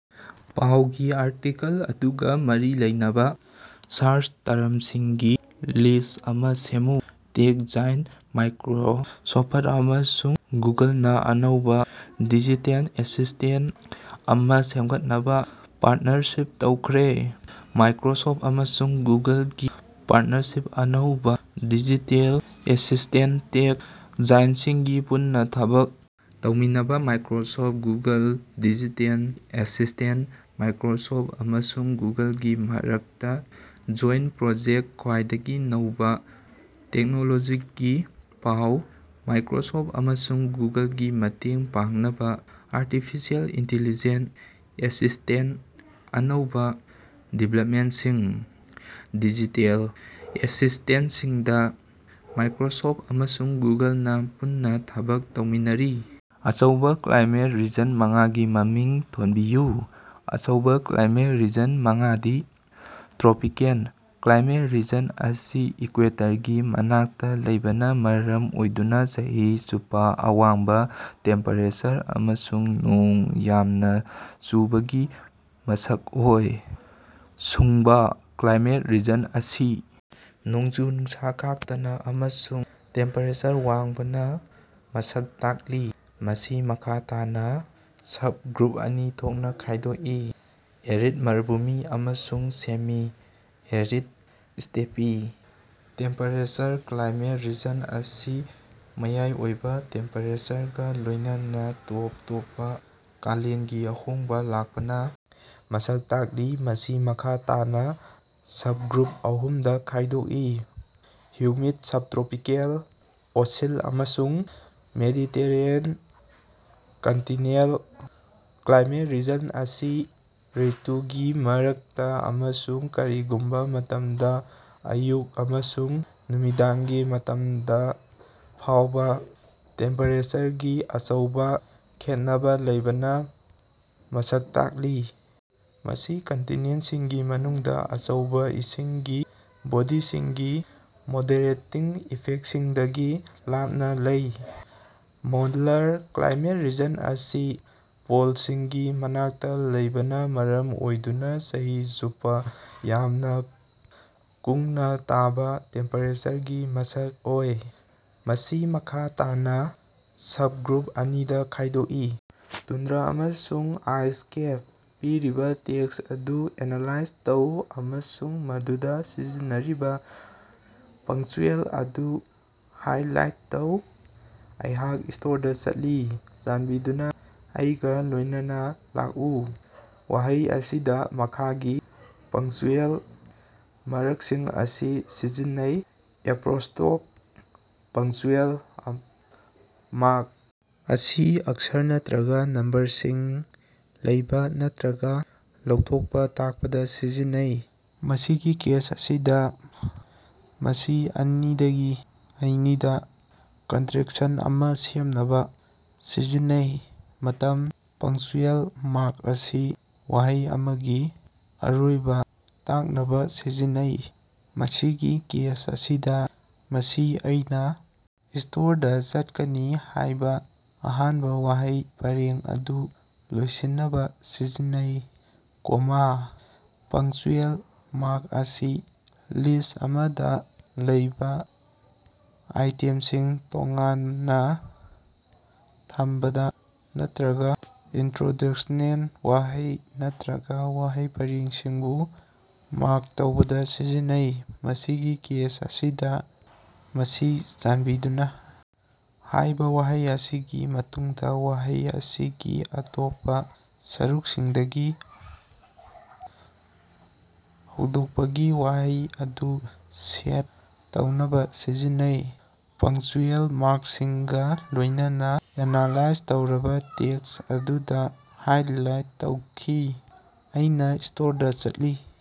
ꯄꯥꯎꯒꯤ ꯑꯥꯔꯇꯤꯀꯜ ꯑꯗꯨꯒꯥ ꯃꯔꯤ ꯂꯩꯅꯕꯥ ꯁꯥꯔꯆ ꯇꯔꯝꯁꯤꯡꯒꯤ ꯂꯤꯁ꯭ꯠ ꯑꯃꯥ ꯁꯦꯝꯃꯨ꯫ ꯇꯦꯛ ꯖꯥꯏꯟꯠ ꯃꯥꯏꯀꯔꯣꯁꯣꯐꯠ ꯑꯃꯁꯨꯡ ꯒꯨꯒꯜꯅꯥ ꯑꯅꯧꯕꯥ ꯗꯤꯖꯤꯇꯦꯜ ꯑꯦꯁꯤꯁ꯭ꯇꯦꯟꯇ ꯑꯃꯥ ꯁꯦꯝꯒꯠꯅꯕꯥ ꯄꯥꯔꯇꯅꯔꯁꯤꯞ ꯇꯧꯈ꯭ꯔꯦ꯫ ꯃꯥꯏꯀꯔꯣꯁꯣꯐ ꯑꯃꯁꯨꯡ ꯒꯨꯒꯜꯒꯤ ꯄꯥꯔꯇꯅꯔꯁꯤꯞ ꯑꯅꯧꯕꯥ ꯗꯤꯖꯤꯇꯦꯜ ꯑꯦꯁꯤꯁ꯭ꯇꯦꯟꯇ ꯇꯦꯛ ꯖꯥꯏꯟꯠꯁꯤꯡꯒꯤ ꯄꯨꯟꯅꯥ ꯊꯕꯛ ꯇꯧꯃꯤꯟꯅꯕꯥ Microsoft Google digital assistant Microsoft ꯑꯃꯁꯨꯡ ꯒꯨꯒꯜꯒꯤ ꯃꯔꯛꯇꯥ ꯖꯣꯏꯟꯇ ꯄ꯭ꯔꯣꯖꯦꯛ ꯈ꯭ꯋꯥꯏꯗꯒꯤ ꯅꯧꯕꯥ ꯇꯦꯛꯅꯣꯂꯣꯖꯤꯒꯤ ꯄꯥꯎ ꯃꯥꯏꯀꯔꯣꯁꯣꯐ ꯑꯃꯁꯨꯡ ꯒꯨꯒꯜꯒꯤ ꯃꯇꯦꯡ ꯄꯥꯡꯅꯕ ꯑꯥꯔꯇꯤꯐꯤꯁꯤꯑꯦꯜ ꯏꯟꯇꯤꯂꯤꯖꯦꯟꯁ ꯑꯦꯁꯤꯁ꯭ꯇꯦꯟꯇ ꯑꯅꯧꯕ ꯗꯤꯕꯦꯂꯞꯃꯦꯟꯠꯁꯤꯡ꯫ ꯗꯤꯖꯤꯇꯦꯜ ꯑꯦꯁꯤꯁ꯭ꯇꯦꯟꯠꯁꯤꯡꯗ ꯃꯥꯏꯀꯔꯣꯁꯣꯐ ꯑꯃꯁꯨꯡ ꯒꯨꯒꯜꯅ ꯄꯨꯟꯅ ꯊꯕꯛ ꯇꯧꯃꯤꯟꯅꯔꯤ꯫ ꯑꯆꯧꯕꯥ ꯀ꯭ꯂꯥꯏꯃꯦꯠ ꯔꯤꯖꯟ ꯃꯉꯥꯒꯤ ꯃꯃꯤꯡ ꯊꯣꯟꯕꯤꯌꯨ꯫ ꯑꯆꯧꯕ ꯀ꯭ꯂꯥꯏꯃꯦꯠ ꯔꯤꯖꯟ ꯃꯉꯥꯗꯤ: ꯇ꯭ꯔꯣꯄꯤꯀꯦꯜ: ꯀ꯭ꯂꯥꯏꯃꯦꯠ ꯔꯤꯖꯟ ꯑꯁꯤ ꯏꯀꯌꯨꯏꯇꯔꯒꯤ ꯃꯅꯥꯛꯇꯥ ꯂꯩꯕꯅꯥ ꯃꯔꯝ ꯑꯣꯏꯗꯨꯅ ꯆꯍꯤ ꯆꯨꯞꯄꯥ ꯑꯋꯥꯡꯕꯥ ꯇꯦꯝꯄꯦꯔꯦꯆꯔ ꯑꯃꯁꯨꯡ ꯅꯣꯡ ꯌꯥꯝꯅ ꯆꯨꯕꯒꯤ ꯃꯁꯛ ꯑꯣꯏ꯫ ꯁꯨꯡꯕꯥ: ꯀ꯭ꯂꯥꯏꯃꯦꯠ ꯔꯤꯖꯟ ꯑꯁꯤ ꯅꯣꯡꯖꯨ ꯅꯨꯡꯁꯥ ꯈꯥꯛꯇꯅꯥ ꯑꯃꯁꯨꯡ ꯇꯦꯝꯄꯦꯔꯦꯆꯔ ꯋꯥꯡꯕꯅꯥ ꯃꯁꯛ ꯇꯥꯛꯂꯤ꯫ ꯃꯁꯤ ꯃꯈꯥ ꯇꯥꯅꯥ ꯁꯕꯒ꯭ꯔꯨꯞ ꯑꯅꯤꯗꯥ ꯈꯥꯏꯗꯣꯛꯏ: ꯑꯦꯔꯤꯗ ꯃꯔꯨꯚꯨꯃꯤ ꯑꯃꯁꯨꯡ semi arid steppe. Temperature climate region ꯑꯁꯤ ꯃꯌꯥꯏ ꯑꯣꯏꯕ ꯇꯦꯝꯄꯦꯔꯦꯆꯔꯒꯥ ꯂꯣꯏꯅꯅꯥ ꯇꯣꯞ ꯇꯣꯞꯄꯥ ꯀꯥꯂꯦꯟꯒꯤ ꯑꯍꯣꯡꯕ ꯂꯥꯛꯄꯅꯥ ꯃꯁꯛ ꯇꯥꯛꯂꯤ꯫ ꯃꯁꯤ ꯃꯈꯥ ꯇꯥꯅꯥ ꯁꯕꯒ꯭ꯔꯨꯞ ꯑꯍꯨꯝꯗꯥ ꯈꯥꯏꯗꯣꯛꯏ: ꯍꯨꯃꯤꯗ ꯁꯕꯇ꯭ꯔꯣꯄꯤꯀꯦꯜ, ꯑꯣꯁꯤꯟ ꯑꯃꯁꯨꯡ ꯃꯦꯗꯤꯇꯦꯔꯦꯅꯤꯌꯟ꯫ ꯀꯟꯇꯤꯅꯦꯟꯇꯜ: ꯀ꯭ꯂꯥꯏꯃꯦꯠ ꯔꯤꯖꯟ ꯑꯁꯤ ꯔ꯭ꯏꯇꯨꯒꯤ ꯃꯔꯛꯇ ꯑꯃꯁꯨꯡ ꯀꯔꯤꯒꯨꯝꯕ ꯃꯇꯝꯗ ꯑꯌꯨꯛ ꯑꯃꯁꯨꯡ ꯅꯨꯃꯤꯗꯥꯡꯒꯤ ꯃꯔꯛꯇꯥ ꯐꯥꯎꯕ ꯇꯦꯝꯄꯦꯔꯦꯆꯔꯒꯤ ꯑꯆꯧꯕ ꯈꯦꯠꯅꯕꯥ ꯂꯩꯕꯅꯥ ꯃꯁꯛ ꯇꯥꯛꯂꯤ꯫ ꯃꯁꯤ ꯀꯟꯇꯤꯅꯦꯟꯁꯤꯡꯒꯤ ꯃꯅꯨꯡꯗ, ꯑꯆꯧꯕꯥ ꯏꯁꯤꯡꯒꯤ ꯕꯣꯗꯤꯁꯤꯡꯒꯤ ꯃꯣꯗꯦꯔꯦꯇꯤꯡ ꯏꯐꯦꯛꯠꯁꯤꯡꯗꯒꯤ ꯂꯥꯞꯅ ꯂꯩ꯫ ꯄꯣꯂꯥꯔ: ꯀ꯭ꯂꯥꯏꯃꯦꯠ ꯔꯤꯖꯟ ꯑꯁꯤ ꯄꯣꯜꯁꯤꯡꯒꯤ ꯃꯅꯥꯛꯇ ꯂꯩꯕꯅ ꯃꯔꯝ ꯑꯣꯏꯗꯨꯅ ꯆꯍꯤ ꯆꯨꯞꯄ ꯌꯥꯝꯅ ꯀꯨꯡꯅ ꯇꯥꯕ ꯇꯦꯝꯄꯦꯔꯦꯆꯔꯒꯤ ꯃꯁꯛ ꯑꯣꯏ꯫ ꯃꯁꯤ ꯃꯈꯥ ꯇꯥꯅꯥ ꯁꯕꯒ꯭ꯔꯨꯞ ꯑꯅꯤꯗꯥ ꯈꯥꯏꯗꯣꯛꯏ: ꯇꯨꯟꯗ꯭ꯔꯥ ꯑꯃꯁꯨꯡ ꯑꯥꯏꯁ ꯀꯦꯞ꯫ ꯄꯤꯔꯤꯕꯥ ꯇꯦꯛꯁ ꯑꯗꯨ ꯑꯦꯅꯥꯂꯥꯏꯖ ꯇꯧ ꯑꯃꯁꯨꯡ ꯃꯗꯨꯗꯥ ꯁꯤꯖꯤꯟꯅꯔꯤꯕꯥ ꯄꯪꯆ꯭ꯌꯨꯑꯦꯜ ꯑꯗꯨ ꯍꯥꯏꯂꯥꯏꯠ ꯇꯧ꯫ ꯑꯩꯍꯥꯛ ꯁ꯭ꯇꯣꯔꯗꯥ ꯆꯠꯂꯤ꯫ ꯆꯥꯟꯕꯤꯗꯨꯅꯥ ꯑꯩꯒ ꯂꯣꯏꯅꯅ ꯂꯥꯛꯎ꯫ ꯋꯥꯍꯩ ꯑꯁꯤꯗ ꯃꯈꯥꯒꯤ ꯄꯪꯆ꯭ꯌꯨꯑꯦꯜ ꯃꯥꯔꯛꯁꯤꯡ ꯑꯁꯤ ꯁꯤꯖꯤꯟꯅꯩ: ꯑꯦꯄꯣꯁ꯭ꯇꯔꯣꯐ ꯄꯪꯆ꯭ꯌꯨꯑꯦꯜ ꯃꯥꯔꯛ ꯑꯁꯤ ꯑꯛꯁꯔ ꯅꯠꯇꯔꯒ ꯅꯝꯕꯔꯁꯤꯡ ꯂꯩꯕ ꯅꯠꯇꯔꯒ ꯂꯧꯊꯣꯛꯄ ꯇꯥꯛꯄꯗ ꯁꯤꯖꯤꯟꯅꯩ꯫ ꯃꯁꯤꯒꯤ ꯀꯦꯁ ꯑꯁꯤꯗ, ꯃꯁꯤ ꯑꯩꯅꯤꯗꯒꯤ ꯑꯩꯅꯤꯗꯥ ꯀꯟꯇꯔꯦꯛꯁꯟ ꯑꯃꯥ ꯁꯦꯝꯅꯕ ꯁꯤꯖꯤꯟꯅꯩ꯫ ꯃꯇꯝ: ꯄꯪꯆ꯭ꯌꯨꯑꯦꯜ ꯃꯥꯔꯛ ꯑꯁꯤ ꯋꯥꯍꯩ ꯑꯃꯒꯤ ꯑꯔꯣꯏꯕ ꯇꯥꯛꯅꯕꯥ ꯁꯤꯖꯤꯟꯅꯩ꯫ ꯃꯁꯤꯒꯤ ꯀꯦꯁ ꯑꯁꯤꯗꯥ, ꯃꯁꯤ ꯑꯩꯅꯥ ꯁ꯭ꯇꯣꯔꯗꯥ ꯆꯠꯀꯅꯤ ꯍꯥꯏꯕ ꯑꯍꯥꯟꯕ ꯋꯥꯍꯩ ꯄꯔꯦꯡ ꯑꯗꯨ ꯂꯣꯏꯁꯤꯟꯅꯕ ꯁꯤꯖꯤꯟꯅꯩ꯫ ꯀꯣꯃꯥ: ꯄꯪꯆ꯭ꯌꯨꯑꯦꯜ ꯃꯥꯔꯛ ꯑꯁꯤ ꯂꯤꯁ꯭ꯠ ꯑꯃꯗꯥ ꯂꯩꯕꯥ ꯑꯥꯏꯇꯦꯝꯁꯤꯡ ꯇꯣꯉꯥꯟꯅ ꯊꯝꯕꯗ ꯅꯠꯇꯔꯒꯥ ꯏꯅꯇꯔꯣꯗ꯭ꯌꯨꯁꯅꯦꯜ ꯋꯥꯍꯩ ꯅꯠꯇꯔꯒ ꯋꯥꯍꯩ ꯄꯔꯦꯡꯁꯤꯡꯕꯨ ꯃꯥꯔꯛ ꯇꯧꯕꯗ ꯁꯤꯖꯤꯟꯅꯩ꯫ ꯃꯁꯤꯒꯤ ꯀꯦꯁ ꯑꯁꯤꯗꯥ, ꯃꯁꯤ ꯆꯥꯟꯕꯤꯗꯨꯅꯥ ꯍꯥꯏꯕ ꯋꯥꯍꯩ ꯑꯁꯤꯒꯤ ꯃꯇꯨꯡꯗ ꯋꯥꯍꯩ ꯑꯁꯤꯒꯤ ꯑꯇꯣꯞꯄ ꯁꯔꯨꯛꯁꯤꯡꯗꯒꯤ ꯍꯧꯗꯣꯛꯄꯒꯤ ꯋꯥꯍꯩ ꯑꯗꯨ ꯁꯦꯠ ꯇꯧꯅꯕꯥ ꯁꯤꯖꯤꯟꯅꯩ꯫ ꯄꯪꯆ꯭ꯌꯨꯑꯦꯜ ꯃꯥꯔꯛꯁꯤꯡꯒ ꯂꯣꯏꯅꯅ ꯑꯦꯅꯥꯂꯥꯏꯖ ꯇꯧꯔꯕ ꯇꯦꯛꯁ ꯑꯗꯨꯗꯥ ꯍꯥꯏꯂꯥꯏꯠ ꯇꯧꯈꯤ: ꯑꯩꯅꯥ ꯁ꯭ꯇꯣꯔꯗꯥ ꯆꯠꯂꯤ꯫